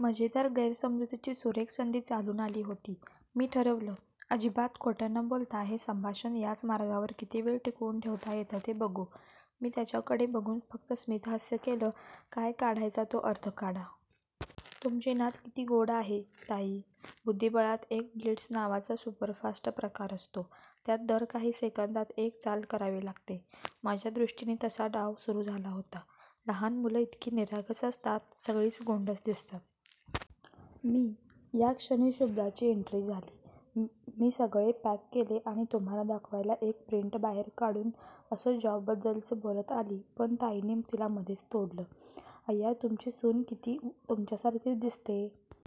मजेदार गैरसमजुतीची सुरेख संधी चालून आली होती. मी ठरवलं. अजिबात खोटं न बोलता हे संभाषण याच मार्गावर किती वेळ टिकवून ठेवता येतं ते बघू! मी त्यांच्याकडे बघून फक्त स्मितहास्य केलं. काय काढायचा तो अर्थ काढा. "तुमची नात किती गोड आहे. " ताई. बुद्धिबळात एक 'ब्लिट्झ' नावाचा सुपरफास्ट प्रकार असतो. त्यात दर काही सेकंदात एक चाल करावी लागते. माझ्या दृष्टीनी तसा डाव सुरू झाला होता. "लहान मुलं इतकी निरागस असतात, सगळीच गोंडस दिसतात. " मी. या क्षणी शुभदाची एन्ट्री झाली. "मी सगळे पॅक केले आणि तुम्हाला दाखवायला एक प्रिंट बाहेर काढून" असं जॉबबद्दलच बोलत आली पण ताईंनी तिला मधेच तोडलं. "अय्या तुमची सून कित्ती तुमच्यासारखी दिसते!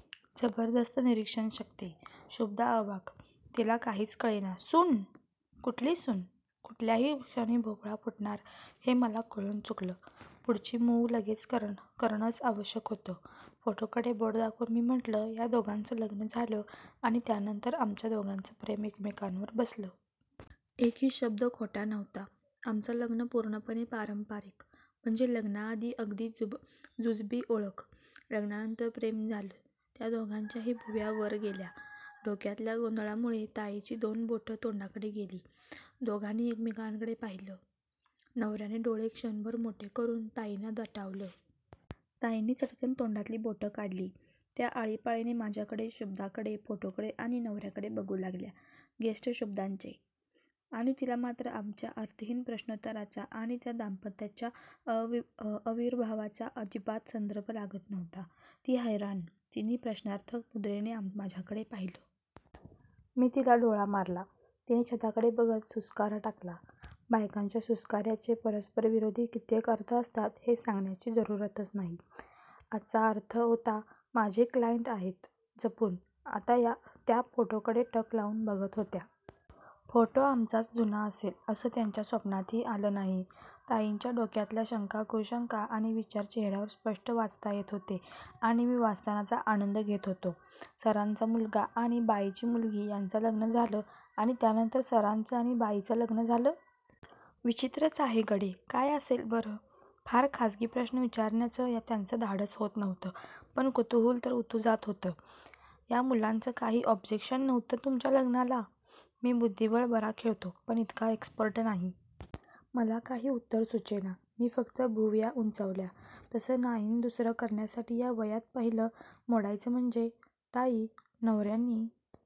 " जबरदस्त निरीक्षणशक्ती! शुभदा अवाक्! तिला काहीच कळेना. "सून? कुठली सून? "कुठल्याही क्षणी भोपळा फुटणार हे मला कळून चुकलं. पुढची मूव्ह लगेच करणंच आवश्यक होतं. फोटोकडे बोट दाखवून मी म्हटलं, "या दोघांचं लग्न झालं आणि त्यानंतर आमचं दोघांचं प्रेम एकमेकावर बसलं. " एकही शब्द खोटा नव्हता. आमचं लग्न पूर्णपणे पारंपारिक. म्हणजे लग्नाआधी अगदी जुजबी ओळख. लग्नानंतर प्रेम झालं. त्या दोघांच्याही भुवया वर गेल्या. डोक्यातल्या गोंधळामुळे ताईंची दोन बोटं तोंडाकडे गेली. दोघांनी एकमेकांकडे पाहिलं. नवर्यानं डोळे क्षणभर मोठे करून ताईंना दटावलं. ताईंनी चट्कन् तोंडातली बोटं काढली! त्या आळीपाळीनी माझ्याकडे, शुभदाकडे, फोटोकडे आणि नवर्याकडे बघू लागल्या. गेस्ट शुभदाचे. आणि तिला मात्र आमच्या अर्थहीन प्रश्नोत्तरांचा आणि त्या दाम्पत्याच्या आविर्भावांचा अजिबात संदर्भ लागत नव्हता. ती हैराण! तिनी प्रश्नार्थक मुद्रेनी माझ्याकडे पाहिलं. मी तिला डोळा मारला. तिनी छताकडे बघत सुस्कारा टाकला. बायकांच्या सुस्कार्याचे परस्परविरोधी कित्येक अर्थ असतात हे सांगण्याची जरूरच नाही. आजचा अर्थ होता, "माझे क्लायंट आहेत. जपून. "आता त्या फोटोकडे टक लावून बघत होत्या. फोटो आमचाच जुना असेल असं त्यांच्या स्वप्नातही आलं नाही. ताईंच्या डोक्यातल्या शंका कुशंका आणि विचार चेहर्यावर स्पष्ट वाचता येत होते आणि मी वाचनाचा आनंद घेत होतो. 'सरांचा मुलगा आणि बाईंची मुलगी यांचं लग्न झालं आणि त्यानंतर सरांचं आणि बाईंचं लग्न झालं? ' विचित्रच आहे गडे. काय असेल बरं? फार खाजगी प्रश्न विचारण्याचं त्यांचं धाडस होत नव्हतं. पण कुतूहल तर उतू जात होतं. "या मुलांचं काही ऑब्जेक्शन नव्हतं तुमच्या लग्नाला? मी बुद्धिबळ बरा खेळतो पण इतका एक्सपर्ट नाही. मला काही उत्तर सुचेना. मी फक्त भुवया उंचावल्या. "तसं नाहीणदुसरं करण्यासाठी या वयात पहिलं मोडायचं म्हणजे. ताई. नवर्यानी